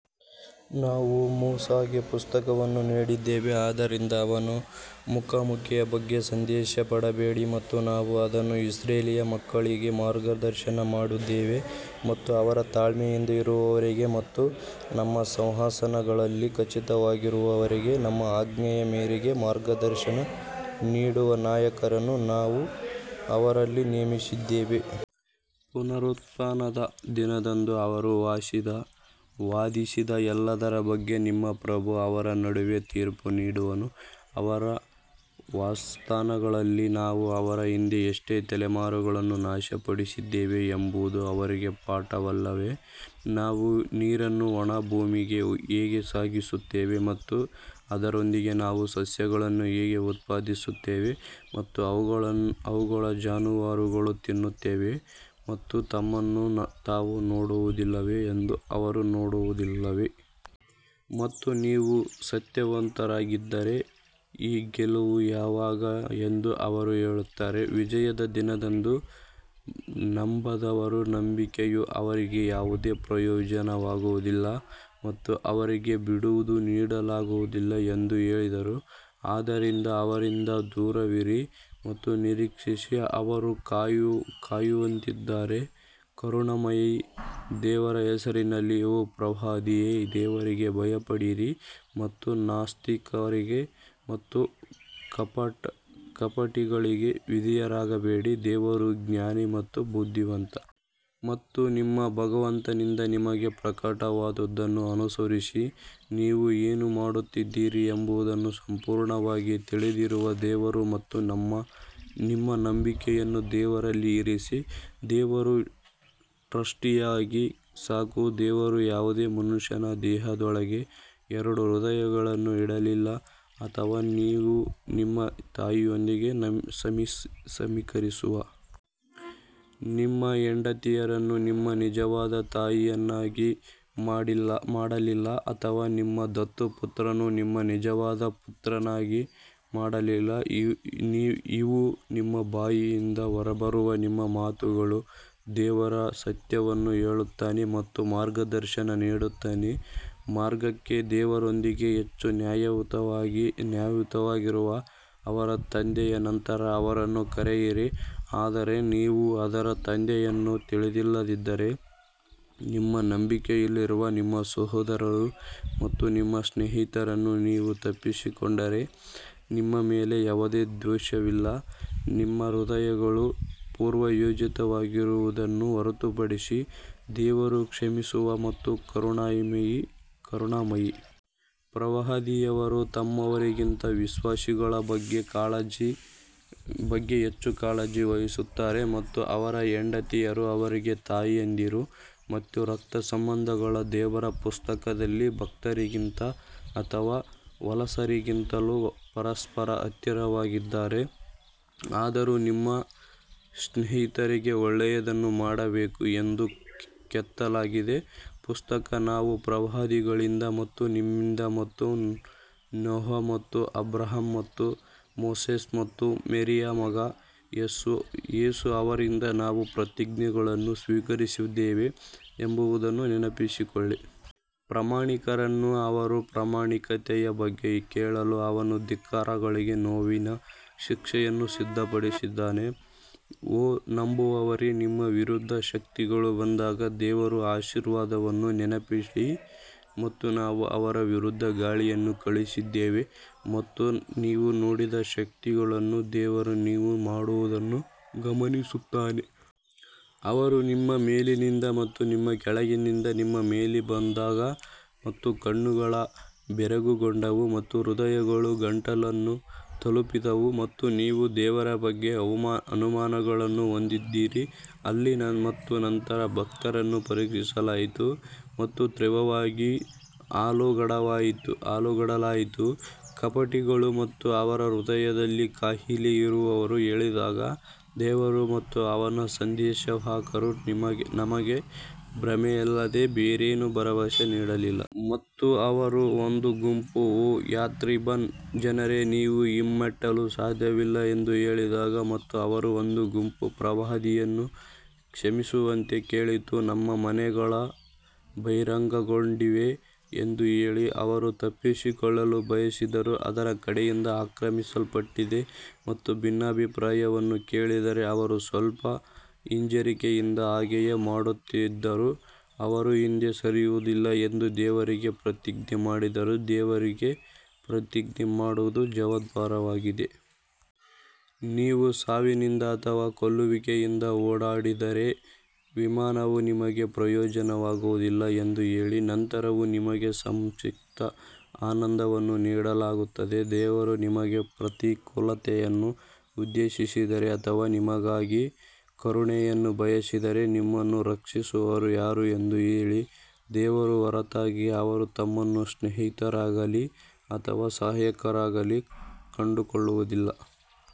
ನಾವು ಮೂಸಾಗೆ ಪುಸ್ತಕವನ್ನು ನೀಡಿದ್ದೇವೆ ಆದ್ದರಿಂದ ಅವನ ಮುಖಾಮುಖಿಯ ಬಗ್ಗೆ ಸಂದೇಹ ಪಡಬೇಡಿ ಮತ್ತು ನಾವು ಅದನ್ನು ಇಸ್ರೇಲ್ ಮಕ್ಕಳಿಗೆ ಮಾರ್ಗದರ್ಶನ ಮಾಡಿದ್ದೇವೆ ಮತ್ತು ಅವರು ತಾಳ್ಮೆಯಿಂದಿರುವವರೆಗೆ ಮತ್ತು ನಮ್ಮ ಸಂವಹನಗಳಲ್ಲಿ ಖಚಿತವಾಗಿರುವವರೆಗೆ ನಮ್ಮ ಆಜ್ಞೆಯ ಮೇರೆಗೆ ಮಾರ್ಗದರ್ಶನ ನೀಡುವ ನಾಯಕರನ್ನು ನಾವು ಅವರಲ್ಲಿ ನೇಮಿಸಿದ್ದೇವೆ. ಪುನರುತ್ಥಾನದ ದಿನದಂದು ಅವರು ವಾದಿಸಿದ ಎಲ್ಲದರ ಬಗ್ಗೆ ನಿಮ್ಮ ಪ್ರಭು ಅವರ ನಡುವೆ ತೀರ್ಪು ನೀಡುವನು ಅವರ ವಾಸಸ್ಥಾನಗಳಲ್ಲಿ ನಾವು ಅವರ ಹಿಂದೆ ಎಷ್ಟು ತಲೆಮಾರುಗಳನ್ನು ನಾಶಪಡಿಸಿದ್ದೇವೆ ಎಂಬುದು ಅವರಿಗೆ ಪಾಠವಲ್ಲವೇ? ನಾವು ನೀರನ್ನು ಒಣ ಭೂಮಿಗೆ ಹೇಗೆ ಸಾಗಿಸುತ್ತೇವೆ ಮತ್ತು ಅದರೊಂದಿಗೆ ನಾವು ಸಸ್ಯಗಳನ್ನು ಹೇಗೆ ಉತ್ಪಾದಿಸುತ್ತೇವೆ ಮತ್ತು ಅವುಗಳ ಜಾನುವಾರುಗಳು ತಿನ್ನುತ್ತವೆ ಮತ್ತು ತಮ್ಮನ್ನು ತಾವು ನೋಡುವುದಿಲ್ಲವೇ ಎಂದು ಅವರು ನೋಡುವುದಿಲ್ಲವೇ? ಮತ್ತು ನೀವು ಸತ್ಯವಂತರಾಗಿದ್ದರೆ ಈ ಗೆಲುವು ಯಾವಾಗ ಎಂದು ಅವರು ಹೇಳುತ್ತಾರೆ ವಿಜಯದ ದಿನದಂದು ನಂಬದವರ ನಂಬಿಕೆಯು ಅವರಿಗೆ ಯಾವುದೇ ಪ್ರಯೋಜನವಾಗುವುದಿಲ್ಲ ಮತ್ತು ಅವರಿಗೆ ಬಿಡುವು ನೀಡಲಾಗುವುದಿಲ್ಲ ಎಂದು ಹೇಳಿ. ಆದ್ದರಿಂದ ಅವರಿಂದ ದೂರವಿರಿ ಮತ್ತು ನಿರೀಕ್ಷಿಸಿ ಅವರೂ ಕಾಯುತ್ತಿದ್ದಾರೆ ಕರುಣಾಮಯಿ ದೇವರ ಹೆಸರಿನಲ್ಲಿ ಓ ಪ್ರವಾದಿಯೇ ದೇವರಿಗೆ ಭಯಪಡಿರಿ ಮತ್ತು ನಾಸ್ತಿಕರಿಗೆ ಮತ್ತು ಕಪಟಿಗಳಿಗೆ ವಿಧೇಯರಾಗಬೇಡಿ ದೇವರು ಜ್ಞಾನಿ ಮತ್ತು ಬುದ್ಧಿವಂತ. ಮತ್ತು ನಿಮ್ಮ ಭಗವಂತನಿಂದ ನಿಮಗೆ ಪ್ರಕಟವಾದದ್ದನ್ನು ಅನುಸರಿಸಿ, ನೀವು ಏನು ಮಾಡುತ್ತಿದ್ದೀರಿ ಎಂಬುದನ್ನು ಸಂಪೂರ್ಣವಾಗಿ ತಿಳಿದಿರುವ ದೇವರು ಮತ್ತು ನಿಮ್ಮ ನಂಬಿಕೆಯನ್ನು ದೇವರಲ್ಲಿ ಇರಿಸಿ ದೇವರು ಟ್ರಸ್ಟಿಯಾಗಿ ಸಾಕು ದೇವರು ಯಾವುದೇ ಮನುಷ್ಯನ ದೇಹದೊಳಗೆ ಎರಡು ಹೃದಯಗಳನ್ನು ಇಡಲಿಲ್ಲ ಅಥವಾ ನೀವು ನಿಮ್ಮ ತಾಯಿಯೊಂದಿಗೆ ಸಮೀಕರಿಸುವ ನಿಮ್ಮ ಹೆಂಡತಿಯರನ್ನು ನಿಮ್ಮ ನಿಜವಾದ ತಾಯಿಯನ್ನಾಗಿ ಮಾಡಲಿಲ್ಲ ಅಥವಾ ನಿಮ್ಮ ದತ್ತು ಪುತ್ರರನ್ನು ನಿಮ್ಮ ನಿಜವಾದ ಪುತ್ರರನ್ನಾಗಿ ಮಾಡಲಿಲ್ಲ ಇವು ನಿಮ್ಮ ಬಾಯಿಯಿಂದ ಹೊರಬರುವ ನಿಮ್ಮ ಮಾತುಗಳು ದೇವರು ಸತ್ಯವನ್ನು ಹೇಳುತ್ತಾನೆ ಮತ್ತು ಮಾರ್ಗದರ್ಶನ ನೀಡುತ್ತಾನೆ ಮಾರ್ಗಕ್ಕೆ ದೇವರೊಂದಿಗೆ ಹೆಚ್ಚು ನ್ಯಾಯಯುತವಾಗಿರುವ ಅವರ ತಂದೆಯ ನಂತರ ಅವರನ್ನು ಕರೆಯಿರಿ ಆದರೆ ನೀವು ಅವರ ತಂದೆಯನ್ನು ತಿಳಿದಿಲ್ಲದಿದ್ದರೆ ನಿಮ್ಮ ನಂಬಿಕೆಯಲ್ಲಿರುವ ನಿಮ್ಮ ಸಹೋದರರು ಮತ್ತು ನಿಮ್ಮ ಸ್ನೇಹಿತರನ್ನು ನೀವು ತಪ್ಪಿಸಿಕೊಂಡರೆ ನಿಮ್ಮ ಮೇಲೆ ಯಾವುದೇ ದೋಷವಿಲ್ಲ, ನಿಮ್ಮ ಹೃದಯಗಳು ಪೂರ್ವಯೋಜಿತವಾಗಿರುವುದನ್ನು ಹೊರತುಪಡಿಸಿ ದೇವರು ಕ್ಷಮಿಸುವ ಮತ್ತು ಕರುಣಾಮಯಿ. ಪ್ರವಾದಿಯವರು ತಮ್ಮವರಿಗಿಂತ ವಿಶ್ವಾಸಿಗಳ ಬಗ್ಗೆ ಹೆಚ್ಚು ಕಾಳಜಿ ವಹಿಸುತ್ತಾರೆ ಮತ್ತು ಅವರ ಹೆಂಡತಿಯರು ಅವರಿಗೆ ತಾಯಂದಿರು ಮತ್ತು ರಕ್ತ ಸಂಬಂಧಿಗಳು ದೇವರ ಪುಸ್ತಕದಲ್ಲಿ ಭಕ್ತರಿಗಿಂತ ಅಥವಾ ವಲಸಿಗರಿಗಿಂತಲೂ ಪರಸ್ಪರ ಹತ್ತಿರವಾಗಿದ್ದಾರೆ, ಆದರೂ ನೀವು ನಿಮ್ಮ ಸ್ನೇಹಿತರಿಗೆ ಒಳ್ಳೆಯದನ್ನು ಮಾಡಬೇಕು ಎಂದು ಕೆತ್ತಲಾಗಿದೆ. ಪುಸ್ತಕ ನಾವು ಪ್ರವಾದಿಗಳಿಂದ ಮತ್ತು ನಿಮ್ಮಿಂದ ಮತ್ತು ನೋಹ್ ಮತ್ತು ಅಬ್ರಹಾಂ ಮತ್ತು ಮೋಸೆಸ್ ಮತ್ತು ಮೇರಿಯ ಮಗ ಯೇಸು ಅವರಿಂದ ನಾವು ಪ್ರತಿಜ್ಞೆಯನ್ನು ಸ್ವೀಕರಿಸಿದ್ದೇವೆ ಎಂಬುದನ್ನು ನೆನಪಿಸಿಕೊಳ್ಳಿ. ಪ್ರಾಮಾಣಿಕರನ್ನು ಅವರ ಪ್ರಾಮಾಣಿಕತೆಯ ಬಗ್ಗೆ ಕೇಳಲು ಅವನು ಧಿಕ್ಕಾರಿಗಳಿಗೆ ನೋವಿನ ಶಿಕ್ಷೆಯನ್ನು ಸಿದ್ಧಪಡಿಸಿದ್ದಾನೆ ಓ ನಂಬುವವರೇ ನಿಮ್ಮ ವಿರುದ್ಧ ಶಕ್ತಿಗಳು ಬಂದಾಗ ದೇವರ ಆಶೀರ್ವಾದವನ್ನು ನೆನಪಿಡಿ ಮತ್ತು ನಾವು ಅವರ ವಿರುದ್ಧ ಗಾಳಿಯನ್ನು ಕಳುಹಿಸಿದ್ದೇವೆ ಮತ್ತು ನೀವು ನೋಡದ ಶಕ್ತಿಗಳನ್ನು ದೇವರು ನೀವು ಮಾಡುವುದನ್ನು ಗಮನಿಸುತ್ತಾನೆ ಅವರು ನಿಮ್ಮ ಮೇಲಿನಿಂದ ಮತ್ತು ನಿಮ್ಮ ಕೆಳಗಿನಿಂದ ನಿಮ್ಮ ಮೇಲೆ ಬಂದಾಗ ಮತ್ತು ಕಣ್ಣುಗಳು ಬೆರಗುಗೊಂಡವು ಮತ್ತು ಹೃದಯಗಳು ಗಂಟಲನ್ನು ತಲುಪಿದವು ಮತ್ತು ನೀವು ದೇವರ ಬಗ್ಗೆ ಅನುಮಾನಗಳನ್ನು ಹೊಂದಿದ್ದೀರಿ ಅಲ್ಲಿ ಮತ್ತು ನಂತರ ಭಕ್ತರನ್ನು ಪರೀಕ್ಷಿಸಲಾಯಿತು ಮತ್ತು ತೀವ್ರವಾಗಿ ಅಲುಗಾಡಲಾಯಿತು ಕಪಟಿಗಳು ಮತ್ತು ಅವರ ಹೃದಯದಲ್ಲಿ ಕಾಯಿಲೆ ಇರುವವರು ಹೇಳಿದಾಗ ದೇವರು ಮತ್ತು ಅವನ ಸಂದೇಶವಾಹಕರು ನಮಗೆ ಭ್ರಮೆಯಲ್ಲದೆ ಬೇರೇನೂ ಭರವಸೆ ನೀಡಲಿಲ್ಲ. ಮತ್ತು ಅವರ ಒಂದು ಗುಂಪು ಓ ಯಾಥ್ರಿಬ್ನ ಜನರೇ, ನೀವು ಹಿಮ್ಮೆಟ್ಟಲು ಸಾಧ್ಯವಿಲ್ಲ ಎಂದು ಹೇಳಿದಾಗ ಮತ್ತು ಅವರ ಒಂದು ಗುಂಪು ಪ್ರವಾದಿಯನ್ನು ಕ್ಷಮಿಸುವಂತೆ ಕೇಳಿತು, ನಮ್ಮ ಮನೆಗಳು ಬಹಿರಂಗಗೊಂಡಿವೆ ಎಂದು ಹೇಳಿ ಅವರು ತಪ್ಪಿಸಿಕೊಳ್ಳಲು ಬಯಸಿದ್ದರು. ಅದರ ಕಡೆಯಿಂದ ಆಕ್ರಮಿಸಲ್ಪಟ್ಟಿದ್ದರೆ ಮತ್ತು ಭಿನ್ನಾಭಿಪ್ರಾಯವನ್ನು ಕೇಳಿದರೆ ಅವರು ಸ್ವಲ್ಪ ಹಿಂಜರಿಕೆಯಿಂದ ಹಾಗೆ ಮಾಡುತ್ತಿದ್ದರು ಅವರು ಹಿಂದೆ ಸರಿಯುವುದಿಲ್ಲ ಎಂದು ದೇವರಿಗೆ ಪ್ರತಿಜ್ಞೆ ಮಾಡಿದರೂ ದೇವರಿಗೆ ಪ್ರತಿಜ್ಞೆ ಮಾಡುವುದು ಜವಾಬ್ದಾರಿಯಾಗಿದೆ. ನೀವು ಸಾವಿನಿಂದ ಅಥವಾ ಕೊಲ್ಲುವಿಕೆಯಿಂದ ಓಡಿಹೋದರೆ ವಿಮಾನವು ನಿಮಗೆ ಪ್ರಯೋಜನವಾಗುವುದಿಲ್ಲ ಎಂದು ಹೇಳಿ, ನಂತರವೂ ನಿಮಗೆ ಸಂಕ್ಷಿಪ್ತ ಆನಂದವನ್ನು ನೀಡಲಾಗುತ್ತದೆ ದೇವರು ನಿಮಗೆ ಪ್ರತಿಕೂಲತೆಯನ್ನು ಉದ್ದೇಶಿಸಿದರೆ ಅಥವಾ ನಿಮಗಾಗಿ ಕರುಣೆಯನ್ನು ಬಯಸಿದರೆ ನಿಮ್ಮನ್ನು ರಕ್ಷಿಸುವವರು ಯಾರು ಎಂದು ಹೇಳಿ, ದೇವರ ಹೊರತಾಗಿ ಅವರು ತಮ್ಮನ್ನು ಸ್ನೇಹಿತರಾಗಲೀ ಅಥವಾ ಸಹಾಯಕರಾಗಲೀ ಕಂಡುಕೊಳ್ಳುವುದಿಲ್ಲ.